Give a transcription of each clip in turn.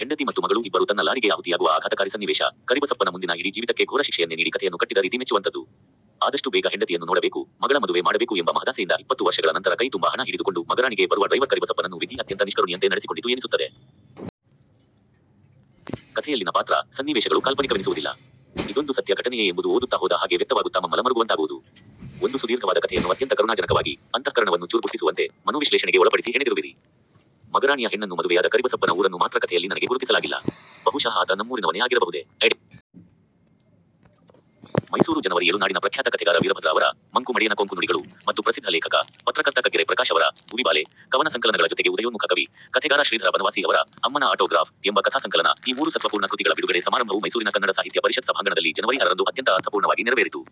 ಹೆಂಡತಿ ಮತ್ತು ಮಗಳು ಇಬ್ಬರೂ ತನ್ನ ಲಾರಿಗೆ ಆಹುತಿಯಾಗುವ ಆಘಾತಕಾರಿ ಸನ್ನೀವೇಷ, ಕರಿಬಸಪ್ಪನ ಮುಂದಿನ ಇಡೀ ಜೀವಿತಕ್ಕೆ ಘೋರ ಶಿಕ್ಷೆಯನ್ನೇ ನೀಡಿ ಕಥೆಯನ್ನು ಕಟ್ಟಿದ ರೀತಿ ಮೆಚ್ಚುವಂತದ್ದು. ಆದಷ್ಟು ಬೇಗ ಹೆಂಡತಿಯನ್ನು ನೋಡಬೇಕು, ಮಗಳ ಮದುವೆ ಮಾಡಬೇಕು ಎಂಬ ಮಹದಾಸೆಯಿಂದ ಇಪ್ಪತ್ತು ವರ್ಷಗಳ ನಂತರ ಕೈ ತುಂಬಾ ಹಣ ಹಿಡಿದುಕೊಂಡು ಮಗರಾಣಿಗೆ ಬರುವ ಡ್ರೈವರ್ ಕರಿಬಸಪ್ಪನನ್ನು ವಿಧಿ ಅತ್ಯಂತ ನಿಷ್ಕರುಣಿಯಂತೆ ನಡೆಸಿಕೊಂಡಿತು ಎನಿಸುತ್ತದೆ. ಕಥೆಯಲ್ಲಿನ ಪಾತ್ರ, ಸನ್ನೀವೇಷಗಳು ಕಾಲ್ಪನಿಕವೆನಿಸುವುದಿಲ್ಲ. ಇದೊಂದು ಸತ್ಯ ಘಟನೆಯೇ ಎಂಬುದು ಓದುತ್ತಾ ಹೋದ ಹಾಗೆ ವ್ಯಕ್ತವಾಗುತ್ತಾ ಮಮ್ಮಲ ಮರುಗುವಂತಾಗುವುದು. ಒಂದು ಸುದೀರ್ಘವಾದ ಕಥೆಯನ್ನು ಅತ್ಯಂತ ಕರುಣಾಜನಕವಾಗಿ, ಅಂತಃಕರಣವನ್ನು ಚುರ್ ಗುಟ್ಟಿಸುವಂತೆ, ಮನೋವಿಶ್ಲೇಷಣೆಗೆ ಒಳಪಡಿಸಿ ಹೆಣೆದಿರುವಿರಿ. ಮಗರಾಣಿಯ ಹೆಣ್ಣನ್ನು ಮದುವೆಯಾದ ಕರಿಬಸಪ್ಪನ ಊರನ್ನು ಮಾತ್ರ ಕಥೆಯಲ್ಲಿ ನನಗೆ ಗುರುತಿಸಲಾಗಿಲ್ಲ. ಬಹುಶಃ ಆತ ನಮ್ಮೂರಿನವನೇ ಆಗಿರಬಹುದೇ? ಮೈಸೂರು ಜನವರಿ ಎಳು ನಾಡಿನ ಪ್ರಖ್ಯಾತ ಕಥೆಗಾರ ವೀರಭದ್ರ ಅವರ 'ಮಂಕು ಮಡೆಯನ ಕೊಂಕು ನುಡಿಗಳು' ಮತ್ತು ಪ್ರಸಿದ್ಧ ಲೇಖಕ, ಪತ್ರಕರ್ತ ಕಗ್ಗೆರೆ ಪ್ರಕಾಶ್ ಅವರ 'ಭುವಿಬಾಲೆ' ಕವನ ಸಂಕಲನಗಳ ಜೊತೆಗೆ ಉದಯೋನ್ಮುಖ ಕವಿ, ಕಥೆಗಾರ ಶ್ರೀಧರ ಬನವಾಸಿ ಅವರ 'ಅಮ್ಮನ ಆಟೋ ಗ್ರಾಫ್' ಎಂಬ ಕಥಾ ಸಂಕಲನ, ಈ ಮೂರು ಸತ್ವಪೂರ್ಣ ಕೃತಿಗಳ ಬಿಡುಗಡೆ ಸಮಾರಂಭವು ಮೈಸೂರಿನ ಕನ್ನಡ ಸಾಹಿತ್ಯ ಪರಿಷತ್ ಸಭಾಂಗಣದಲ್ಲಿ ಜನವರಿ ಅರರಂದು ಅತ್ಯಂತ ಅರ್ಥಪೂರ್ಣವಾಗಿ ನೆರವೇರಿತು.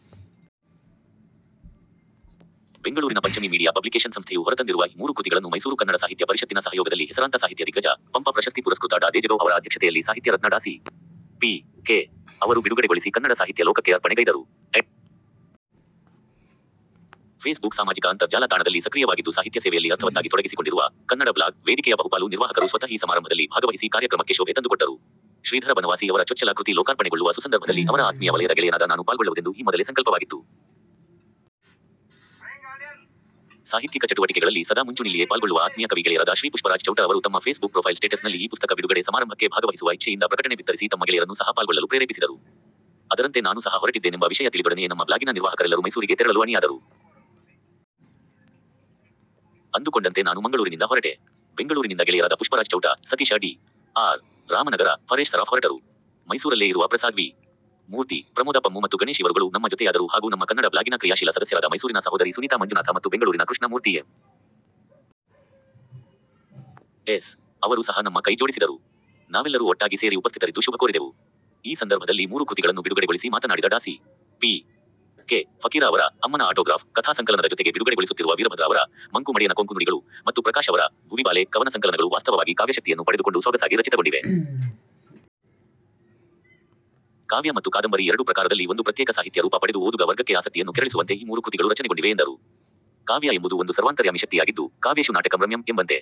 ಬೆಂಗಳೂರಿನ ಪಂಚಮಿ ಮೀಡಿಯಾ ಪಬ್ಲಿಕೇಶನ್ ಸಂಸ್ಥೆಯು ಹೊರತಂದಿರುವ ಈ ಮೂರು ಕೃತಿಗಳನ್ನು ಮೈಸೂರು ಕನ್ನಡ ಸಾಹಿತ್ಯ ಪರಿಷತ್ತಿನ ಸಹಯೋಗದಲ್ಲಿ ಹೆಸರಾಂತ ಸಾಹಿತ್ಯ ದಿಗ್ಗಜ, ಪಂಪ ಪ್ರಶಸ್ತಿ ಪುರಸ್ಕೃತ ಡಾ ದೇಜಗೌ ಅವರ ಅಧ್ಯಕ್ಷತೆಯಲ್ಲಿ ಸಾಹಿತ್ಯ ರತ್ನ ಡಾ ಸಿ. ಪಿ. ಕೆ. ಅವರು ಬಿಡುಗಡೆಗೊಳಿಸಿ ಕನ್ನಡ ಸಾಹಿತ್ಯ ಲೋಕಕ್ಕೆ ಅರ್ಪಣೆ ಗೈದರು. ಫೇಸ್ ಬುಕ್ ಸಾಮಾಜಿಕ ಅಂತರ್ ಜಾಲ ತಾಣದಲ್ಲಿ ಸಕ್ರೀಯವಾಗಿದ್ದು ಸಾಹಿತ್ಯ ಸೇವೆಯಲ್ಲಿ ಅರ್ಥವತ್ತಾಗಿ ತೊಡಗಿಸಿಕೊಂಡಿರುವ "ಕನ್ನಡ ಬ್ಲಾಗ್" ವೇದಿಕೆಯ ಬಹುಪಾಲು ನಿರ್ವಾಹಕರು ಸ್ವತಃ ಈ ಸಮಾರಂಭದಲ್ಲಿ ಭಾಗವಹಿಸಿ ಕಾರ್ಯಕ್ರಮಕ್ಕೆ ಶೋಭೆ ತಂದುಕೊಟ್ಟರು. ಶ್ರೀಧರ ಬನವಾಸಿ ಅವರ ಚೊಚ್ಚಲ ಕೃತಿ ಲೋಕಾರ್ಪಣೆಗೊಳ್ಳುವ ಸುಸಂದರ್ಭದಲ್ಲಿ ಅವರ ಆತ್ಮೀಯ ವಲಯದ ಗೆಳೆಯನಾದ ನಾನು ಪಾಲ್ಗೊಳ್ಳವುದೆಂದು ಈ ಮೊದಲೇ ಸಂಕಲ್ಪವಾಗಿತ್ತು. ಸಾಹಿತ್ಯಿಕ ಚಟುವಟಿಕೆಗಳಲ್ಲಿ ಸದಾ ಮುಂಚೂಣಿಲ್ಲಿಯೇ ಪಾಲ್ಗೊಳ್ಳುವ ಆತ್ಮೀಯ ಕವಿ ಗೆಳೆಯರಾದ ಶ್ರೀ ಪುಷ್ಪರಾಜ್ ಚೌಟ ಅವರು ತಮ್ಮ ಫೇಸ್ ಬುಕ್ ಪ್ರೋಫೈಲ್ ಸ್ಟೇಟಸ್ ನಲ್ಲಿ ಈ ಪುಸ್ತಕ ಬಿಡುಗಡೆ ಸಮಾರಂಭಕ್ಕೆ ಭಾಗವಹಿಸುವ ಇಚ್ಚೆ ಯಿಂದ ಪ್ರಕಟಣೆ ಭಿತ್ತರಿಸಿ ತಮ್ಮ ಗೆಳೆಯರನ್ನು ಸಹ ಪಾಲ್ಗೊಳ್ಲಲು ಪ್ರೇರೇಪಿಸಿದರು. ಅದರಂತೆ ನಾನೂ ಸಹ ಹೊರಟಿದ್ದೇನೆಂಬ ವಿಷಯ ತಿಳಿದೊಡನೆಯೇ ನಮ್ಮ ಬ್ಲಾಗಿನ ನಿರ್ವಾಹಕರೆಲ್ಲರೂ ಮೈಸೂರಿಗೆ ತೆರಳಲು ಅಣಿಯಾದರು. ಅಂದುಕೊಂಡಂತೆ ನಾನು ಮಂಗಳೂರಿನಿಂದ ಹೊರಟೆ. ಬೆಂಗಳೂರಿನಿಂದ ಗೆಳೆಯರಾದ ಪುಷ್ಪರಾಜ್ ಚೌಟ, ಸತೀಶ ಡಿ. ಆರ್. ರಾಮನಗರ, ಫರೇಶ್ ಸರಾಫ್ ಹೊರಟರು. ಮೈಸೂರಲ್ಲೇ ಇರುವ ಪ್ರಸಾದ್ ವಿ. ಮೂರ್ತಿ, ಪ್ರಮೋದ ಪಮ್ಮು ಮತ್ತು ಗಣೇಶ್ ಇವರುಗಳು ನಮ್ಮ ಜೊತೆಯಾದರು ಹಾಗೂ ನಮ್ಮ ಕನ್ನಡ ಬ್ಲಾಗಿನ ಕ್ರಿಯಾಶೀಲ ಸದಸ್ಯರಾದ ಮೈಸೂರಿನ ಸಹೋದರಿ ಸುನೀತಾ ಮಂಜುನಾಥ ಮತ್ತು ಬೆಂಗಳೂರಿನ ಕೃಷ್ಣ ಮೂರ್ತಿ ಎಮ್. ಎಸ್. ಅವರು ಸಹ ನಮ್ಮ ಕೈ ಜೋಡಿಸಿದರು. ನಾವೆಲ್ಲರೂ ಒಟ್ಟಾಗಿ ಸೇರಿ ಉಪಸ್ಥಿತರಿದ್ದು ಶುಭಕೋರಿದೆವು. ಈ ಸಂದರ್ಭದಲ್ಲಿ ಮೂರೂ ಕೃತಿಗಳನ್ನು ಬಿಡುಗಡೆಗೊಳಿಸಿ ಮಾತನಾಡಿದ ಡಾ ಸಿ. ಪಿ. ಕೆ, ಫಕೀರ ಅವರ 'ಅಮ್ಮನ ಆಟೋಗ್ರಾಫ್' ಕಥಾ ಸಂಕಲನದ ಜೊತೆಗೆ ಬಿಡುಗಡೆಗೊಳಿಸುತ್ತಿರುವ ವೀರಭದ್ರ ಅವರ 'ಮಂಕು ಮಡೆಯನ ಕೊಂಕು ನುಡಿಗಳು' ಮತ್ತು ಪ್ರಕಾಶ್ ಅವರ 'ಭುವಿಬಾಲೆ' ಕವನ ಸಂಕಲನಗಳು ವಾಸ್ತವವಾಗಿ ಕಾವ್ಯಶಕ್ತಿಯನ್ನು ಪಡೆದುಕೊಂಡು ಸೊಗಸಾಗಿ ರಚಿತಗೊಂಡಿವೆ. ಕಾವ್ಯ ಮತ್ತು ಕಾದಂಬರಿ ಎರಡೂ ಪ್ರಕಾರದಲ್ಲಿ ಒಂದು ಪ್ರತ್ಯೇಕ ಸಾಹಿತ್ಯ ರೂಪ ಪಡೆದು ಓದುಗ ವರ್ಗಕ್ಕೆ ಆಸಕ್ತಿಯನ್ನು ಕೆರಳಿಸುವಂತೆ ಈ ಮೂರು ಕೃತಿಗಳು ರಚನೆಗೊಂಡಿವೆ ಎಂದರು. ಕಾವ್ಯ ಎಂಬುದು ಒಂದು ಸರ್ವಾಂತರ್ಯಾಮಿ ಶಕ್ತಿಯಾಗಿದ್ದು 'ಕಾವ್ಯೇಷು ನಾಟಕಂ ರಮ್ಯಂ' ಎಂಬಂತೆ